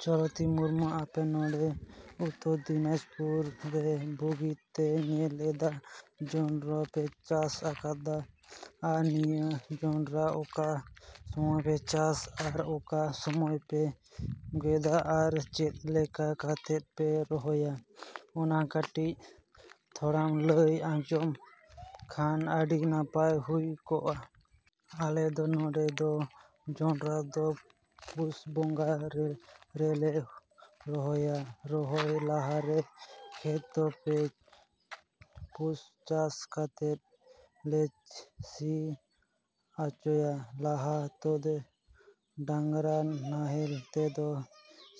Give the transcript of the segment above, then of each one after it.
ᱪᱚᱞᱚᱛᱤ ᱢᱩᱨᱢᱩ, ᱟᱯᱮ ᱱᱚᱰᱮ ᱩᱛᱛᱚᱨ ᱫᱤᱱᱟᱡᱯᱩᱨ ᱨᱮ ᱵᱩᱜᱤ ᱛᱮᱧ ᱧᱮᱞ ᱮᱫᱟ ᱡᱚᱸᱰᱨᱟ ᱯᱮ ᱪᱟᱥ ᱟᱠᱟᱫᱟ᱾ ᱟᱨ ᱱᱤᱭᱟᱹ ᱡᱚᱸᱰᱨᱟ ᱚᱠᱟ ᱥᱚᱢᱚᱭ ᱯᱮ ᱪᱟᱥᱟ ᱟᱨ ᱚᱠᱟ ᱥᱚᱢᱚᱭ ᱯᱮ ᱜᱚᱫᱟ ᱟᱨ ᱪᱮᱫ ᱞᱮᱠᱟ ᱠᱟᱛᱮᱫ ᱯᱮ ᱨᱚᱦᱚᱭᱟ, ᱚᱱᱟ ᱠᱟᱹᱴᱤᱡ ᱛᱷᱚᱲᱟᱢ ᱞᱟᱹᱭ ᱟᱡᱚᱢᱟᱹᱧ ᱠᱷᱟᱱ ᱟᱹᱰᱤ ᱱᱟᱯᱟᱭ ᱦᱩᱭ ᱠᱚᱜᱼᱟ᱾ ᱟᱞᱮ ᱫᱚ ᱱᱚᱰᱮ ᱫᱚ ᱡᱚᱸᱰᱨᱟ ᱫᱚ ᱯᱩᱥ ᱵᱚᱸᱜᱟ ᱨᱮᱞᱮ ᱨᱚᱦᱚᱭᱟ᱾ ᱨᱚᱦᱚᱭ ᱞᱟᱦᱟ ᱨᱮ ᱠᱷᱮᱛ ᱫᱚ ᱯᱮ ᱯᱩᱱ ᱪᱟᱥ ᱠᱟᱛᱮᱫ ᱞᱮ ᱥᱤ ᱚᱪᱚᱭᱟ᱾ ᱞᱟᱦᱟ ᱛᱮᱫᱚ ᱰᱟᱝᱨᱟ ᱱᱟᱦᱮᱞ ᱛᱮᱠᱚ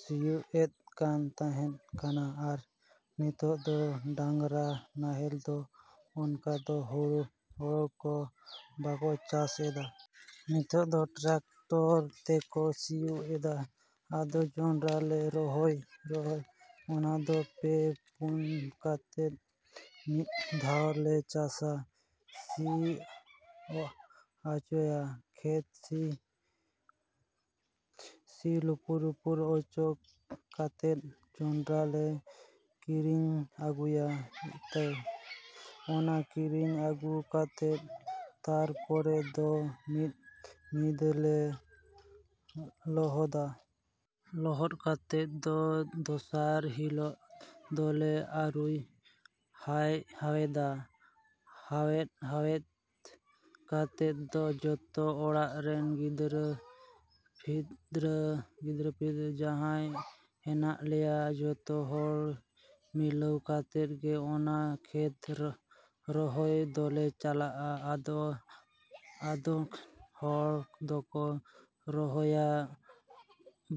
ᱥᱤᱭᱚᱜ ᱮᱫ ᱠᱟᱱ ᱛᱟᱦᱮᱸ ᱠᱟᱱᱟ ᱟᱨ ᱱᱤᱛᱚᱜ ᱫᱚ ᱰᱟᱝᱨᱟ ᱱᱟᱦᱮᱞ ᱫᱚ ᱚᱱᱠᱟ ᱫᱚ ᱦᱚᱲ ᱠᱚ ᱵᱟᱠᱚ ᱪᱟᱥ ᱮᱫᱟ᱾ ᱱᱤᱛᱚᱜ ᱫᱚ ᱴᱮᱠᱴᱟᱨ ᱛᱮᱠᱚ ᱥᱤᱭᱚᱜ ᱮᱫᱟ᱾ ᱟᱫᱚ ᱡᱚᱸᱰᱨᱟ ᱞᱮ ᱨᱚᱦᱚᱭᱟ, ᱚᱱᱟ ᱫᱚ ᱯᱮ ᱯᱩᱱ ᱠᱟᱛᱮᱫ ᱢᱤᱫ ᱫᱷᱟᱣ ᱞᱮ ᱪᱟᱥᱟ, ᱥᱤ ᱚᱪᱚᱭᱟ᱾ ᱠᱷᱮᱛ ᱥᱤ ᱞᱩᱯᱩᱜ ᱞᱩᱯᱩᱜ ᱚᱪᱚ ᱠᱟᱛᱮᱫ ᱡᱚᱸᱰᱨᱟ ᱞᱮ ᱠᱤᱨᱤᱧ ᱟᱹᱜᱩᱭᱟ ᱤᱛᱟᱹ᱾ ᱚᱱᱟ ᱠᱤᱨᱤᱧ ᱟᱹᱜᱩ ᱠᱟᱛᱮᱫ ᱛᱟᱨᱯᱚᱨᱮ ᱫᱚ ᱢᱤᱫ ᱧᱤᱫᱟᱹ ᱞᱮ ᱞᱚᱦᱚᱫᱟ᱾ ᱞᱚᱦᱚᱫ ᱠᱟᱛᱮᱫ ᱫᱚ ᱫᱚᱥᱟᱨ ᱦᱤᱞᱳᱜ ᱫᱚᱞᱮ ᱚᱣᱟᱨ ᱦᱟᱭᱮᱫᱟ᱾ ᱚᱣᱟᱨ ᱦᱟᱭᱮᱫ ᱠᱟᱛᱮᱫ ᱫᱚ ᱡᱚᱛᱚ ᱚᱲᱟᱜ ᱨᱮᱱ ᱜᱤᱫᱽᱨᱟᱹ ᱯᱤᱫᱽᱨᱟᱹ ᱡᱟᱦᱟᱸᱭ ᱦᱮᱱᱟᱜ ᱞᱮᱭᱟ, ᱡᱚᱛᱚ ᱦᱚᱲ ᱢᱤᱞᱟᱹᱣ ᱠᱟᱛᱮᱫ ᱜᱮ ᱚᱱᱟ ᱠᱷᱮᱛ ᱨᱚᱦᱚᱭ ᱫᱚᱞᱮ ᱪᱟᱞᱟᱜᱼᱟ᱾ ᱟᱫᱚ ᱟᱫᱷᱮᱱ ᱦᱚᱲ ᱫᱚᱠᱚ ᱨᱚᱦᱚᱭᱟ,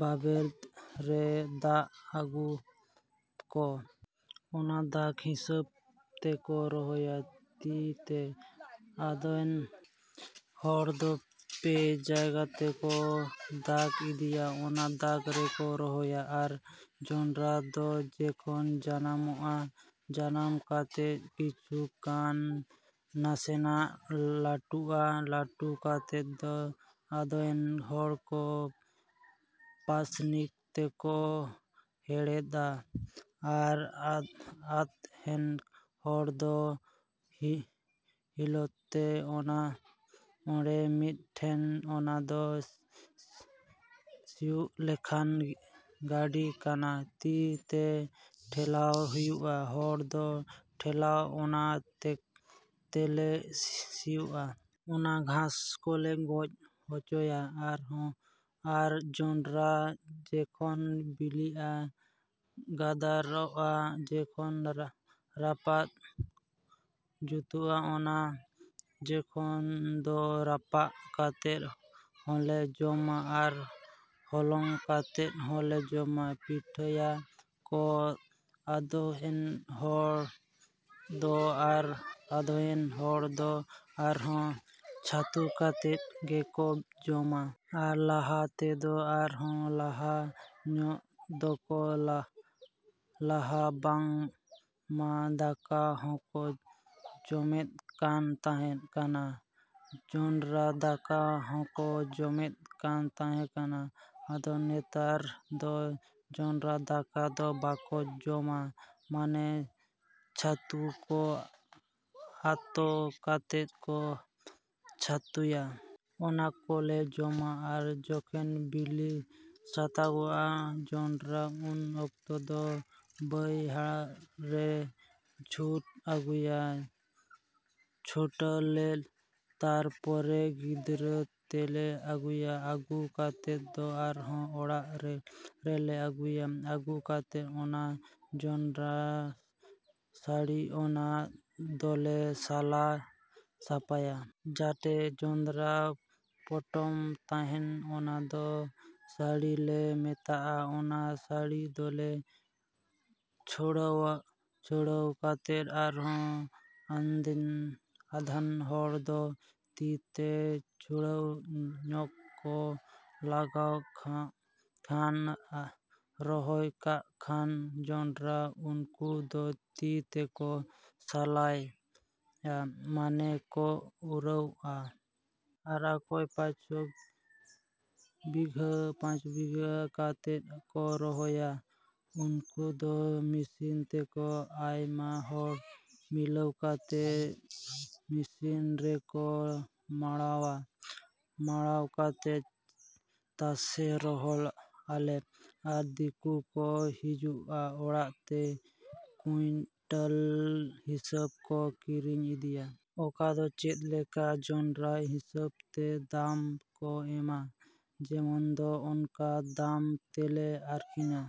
ᱵᱟᱵᱮᱨ ᱨᱮ ᱫᱟᱜᱽ ᱟᱜᱼᱟ ᱠᱚ᱾ ᱚᱱᱟ ᱫᱟᱜᱽ ᱦᱤᱥᱟᱹᱵᱽ ᱛᱮᱠᱚ ᱨᱚᱦᱚᱭᱟ ᱛᱤ ᱛᱮ᱾ ᱟᱫᱷᱮᱱ ᱦᱚᱲ ᱫᱚ ᱯᱮ ᱡᱟᱸᱜᱟ ᱛᱮᱠᱚ ᱫᱟᱜᱽ ᱤᱫᱤᱭᱟ, ᱚᱱᱟ ᱫᱟᱜᱽ ᱨᱮᱠᱚ ᱨᱚᱦᱚᱭᱟ᱾ ᱟᱨ ᱡᱚᱸᱰᱨᱟ ᱫᱚ ᱡᱚᱠᱷᱚᱱ ᱡᱟᱱᱟᱢᱚᱜᱼᱟ, ᱡᱟᱱᱟᱢ ᱠᱟᱛᱮᱫ ᱠᱤᱪᱷᱩ ᱜᱟᱱ ᱱᱟᱥᱮᱭᱟᱜ ᱞᱟᱹᱴᱩᱜᱼᱟ᱾ ᱞᱟᱹᱴᱩ ᱠᱟᱛᱮᱫ ᱫᱚ ᱟᱫᱷᱮᱱ ᱦᱚᱲ ᱫᱚ ᱯᱟᱹᱥᱱᱤ ᱛᱮᱠᱚ ᱦᱮᱲᱦᱮᱫᱟ ᱟᱨ ᱟᱫᱷᱮᱱ ᱦᱚᱲ ᱫᱚ ᱦᱩᱭᱤᱞ ᱛᱮ, ᱚᱱᱮ ᱢᱚᱫᱴᱮᱱ ᱚᱱᱟ ᱫᱚ ᱥᱤᱭᱚᱜ ᱞᱮᱠᱟ ᱜᱟᱹᱰᱤ ᱠᱟᱱᱟ, ᱛᱤ ᱛᱮ ᱴᱷᱮᱞᱟᱣ ᱦᱩᱭᱩᱜᱼᱟ, ᱦᱚᱲ ᱠᱚ ᱴᱷᱮᱞᱟᱣᱟ, ᱚᱱᱟ ᱛᱮᱞᱮ ᱥᱤᱭᱚᱜᱟ᱾ ᱚᱱᱟ ᱜᱷᱟᱥ ᱠᱚᱞᱮ ᱜᱚᱡ ᱦᱚᱪᱚᱭᱟ᱾ ᱟᱨ ᱡᱚᱸᱰᱨᱟ ᱡᱚᱠᱷᱚᱱ ᱵᱤᱞᱤᱜᱼᱟ, ᱜᱟᱫᱟᱨᱚᱜᱼᱟ, ᱡᱚᱠᱷᱚᱱ ᱨᱟᱯᱟᱜ ᱡᱩᱛᱩᱜᱼᱟ, ᱩᱱ ᱡᱩᱠᱷᱚᱱ ᱫᱚ ᱨᱟᱯᱟᱜ ᱠᱟᱛᱮᱫ ᱦᱚᱸᱞᱮ ᱡᱚᱢᱟ ᱟᱨ ᱦᱚᱞᱚᱝ ᱠᱟᱛᱮᱫ ᱦᱚᱸᱞᱮ ᱡᱚᱢᱟ᱾ ᱯᱤᱴᱷᱟᱹᱭᱟ ᱠᱚ ᱟᱫᱷᱮᱱ ᱦᱚᱲ ᱫᱚ ᱟᱨ ᱟᱫᱷᱮᱱ ᱦᱚᱲ ᱫᱚ ᱟᱨᱦᱚᱸ ᱪᱷᱟᱹᱛᱩ ᱠᱟᱛᱮᱫ ᱜᱮᱠᱚ ᱡᱚᱢᱟ᱾ ᱟᱨ ᱞᱟᱦᱟ ᱛᱮᱫᱚ ᱟᱨᱦᱚᱸ ᱞᱟᱦᱟ ᱧᱚᱜ ᱫᱚᱠᱚ ᱞᱟᱹᱭᱟ ᱵᱟᱝᱢᱟ ᱫᱟᱠᱟ ᱦᱚᱸᱠᱚ ᱡᱚᱢᱮᱫ ᱠᱟᱱ ᱛᱟᱦᱮᱸ ᱠᱟᱱᱟ, ᱡᱚᱸᱰᱨᱟ ᱫᱟᱠᱟ ᱦᱚᱸᱠᱚ ᱡᱚᱢᱮᱫ ᱠᱟᱱ ᱛᱟᱦᱮᱸ ᱠᱟᱱᱟ᱾ ᱟᱫᱚ ᱱᱮᱛᱟᱨ ᱫᱚ ᱡᱚᱸᱰᱨᱟ ᱫᱟᱠᱟ ᱫᱚ ᱵᱟᱠᱚ ᱡᱚᱢᱟ, ᱢᱟᱱᱮ ᱪᱷᱟᱹᱛᱩᱭᱟ ᱠᱚ, ᱟᱛᱟ ᱠᱟᱛᱮᱫ ᱠᱚ ᱪᱷᱟᱹᱛᱩᱭᱟ᱾ ᱚᱱᱟ ᱠᱚᱞᱮ ᱡᱚᱢᱟ᱾ ᱟᱨ ᱡᱚᱠᱷᱚᱱ ᱵᱤᱞᱤ ᱥᱟᱹᱛᱟᱹᱜᱼᱟ ᱡᱚᱸᱰᱨᱟ, ᱩᱱ ᱚᱠᱛᱚ ᱫᱚ ᱵᱟᱹᱭᱦᱟᱹᱲ ᱨᱮᱞᱮ ᱴᱷᱚᱡ ᱟᱹᱜᱩᱭᱟ, ᱴᱷᱚᱡᱟ ᱞᱮ᱾ ᱛᱟᱨᱯᱚᱨᱮ ᱜᱟᱹᱰᱤ ᱛᱮᱞᱮ ᱟᱹᱜᱩᱭᱟ᱾ ᱟᱹᱜᱩ ᱠᱟᱛᱮᱫ ᱫᱚ ᱟᱨᱦᱚᱸ ᱚᱲᱟᱜ ᱨᱮᱞᱮ ᱟᱹᱜᱩᱭᱟ᱾ ᱟᱹᱜᱩ ᱠᱟᱛᱮᱫ ᱚᱱᱟ ᱡᱚᱸᱰᱨᱟ ᱥᱟᱺᱲᱤ, ᱚᱱᱟ ᱫᱚᱞᱮ ᱥᱟᱞᱟ ᱥᱟᱯᱟᱭᱟ᱾ ᱡᱮᱴᱟ ᱡᱚᱸᱰᱨᱟ ᱯᱚᱴᱚᱢ ᱛᱟᱦᱮᱱ ᱚᱱᱟ ᱫᱚ ᱥᱟᱺᱲᱤ ᱞᱮ ᱢᱮᱛᱟᱜᱼᱟ᱾ ᱚᱱᱟ ᱥᱟᱺᱲᱤ ᱫᱚᱞᱮ ᱪᱷᱟᱰᱟᱣᱟ᱾ ᱪᱷᱟᱰᱟᱣ ᱠᱟᱛᱮᱫ ᱟᱨᱦᱚᱸ ᱟᱫᱷᱮᱱ ᱦᱚᱲ ᱫᱚ ᱛᱤ ᱛᱮ ᱛᱷᱚᱲᱟ ᱧᱚᱜ ᱠᱚ ᱞᱟᱜᱟᱣ ᱠᱟᱜ ᱠᱷᱟᱱ, ᱨᱚᱦᱚᱭ ᱠᱟᱜ ᱠᱷᱟᱱ ᱡᱚᱸᱰᱨᱟ, ᱩᱱᱠᱩ ᱫᱚ ᱛᱤ ᱛᱮᱠᱚ ᱥᱟᱞᱟᱭᱟ, ᱢᱟᱱᱮ ᱠᱚ ᱩᱨᱟᱹᱜᱼᱟ᱾ ᱟᱨ ᱚᱠᱚᱭ ᱯᱟᱸᱪ ᱪᱷᱚ ᱵᱤᱜᱷᱟᱹ ᱠᱟᱛᱮᱫ ᱠᱚ ᱨᱚᱦᱚᱭ ᱠᱟᱜᱼᱟ, ᱩᱱᱠᱩ ᱫᱚ ᱢᱤᱥᱤᱱ ᱛᱮᱞᱮ, ᱟᱭᱢᱟ ᱦᱚᱲ ᱢᱤᱞᱟᱹᱣ ᱠᱟᱛᱮᱫ ᱢᱤᱥᱤᱱ ᱨᱮᱞᱮ ᱢᱟᱰᱟᱭᱟ᱾ ᱢᱟᱰᱟ ᱠᱟᱛᱮᱫ ᱛᱟᱥᱮ ᱨᱚᱦᱚᱲ ᱟᱞᱮ᱾ ᱟᱨ ᱫᱤᱠᱩ ᱠᱚ ᱦᱤᱡᱩᱜᱼᱟ ᱚᱲᱟᱜ ᱛᱮ, ᱠᱩᱭᱤᱱᱴᱟᱞ ᱦᱤᱥᱟᱹᱵᱽ ᱠᱚ ᱠᱤᱨᱤᱧ ᱤᱫᱤᱭᱟ᱾ ᱚᱠᱟ ᱫᱚ ᱪᱮᱫ ᱞᱮᱠᱟ ᱡᱚᱸᱰᱨᱟ ᱦᱤᱥᱟᱹᱵᱽ ᱛᱮ ᱫᱟᱢ ᱠᱚ ᱢᱮᱱᱟ, ᱡᱮᱢᱚᱱ ᱫᱚ, ᱚᱱᱠᱟ ᱫᱟᱢ ᱛᱮᱞᱮ ᱟᱹᱠᱷᱨᱤᱧᱟ᱾।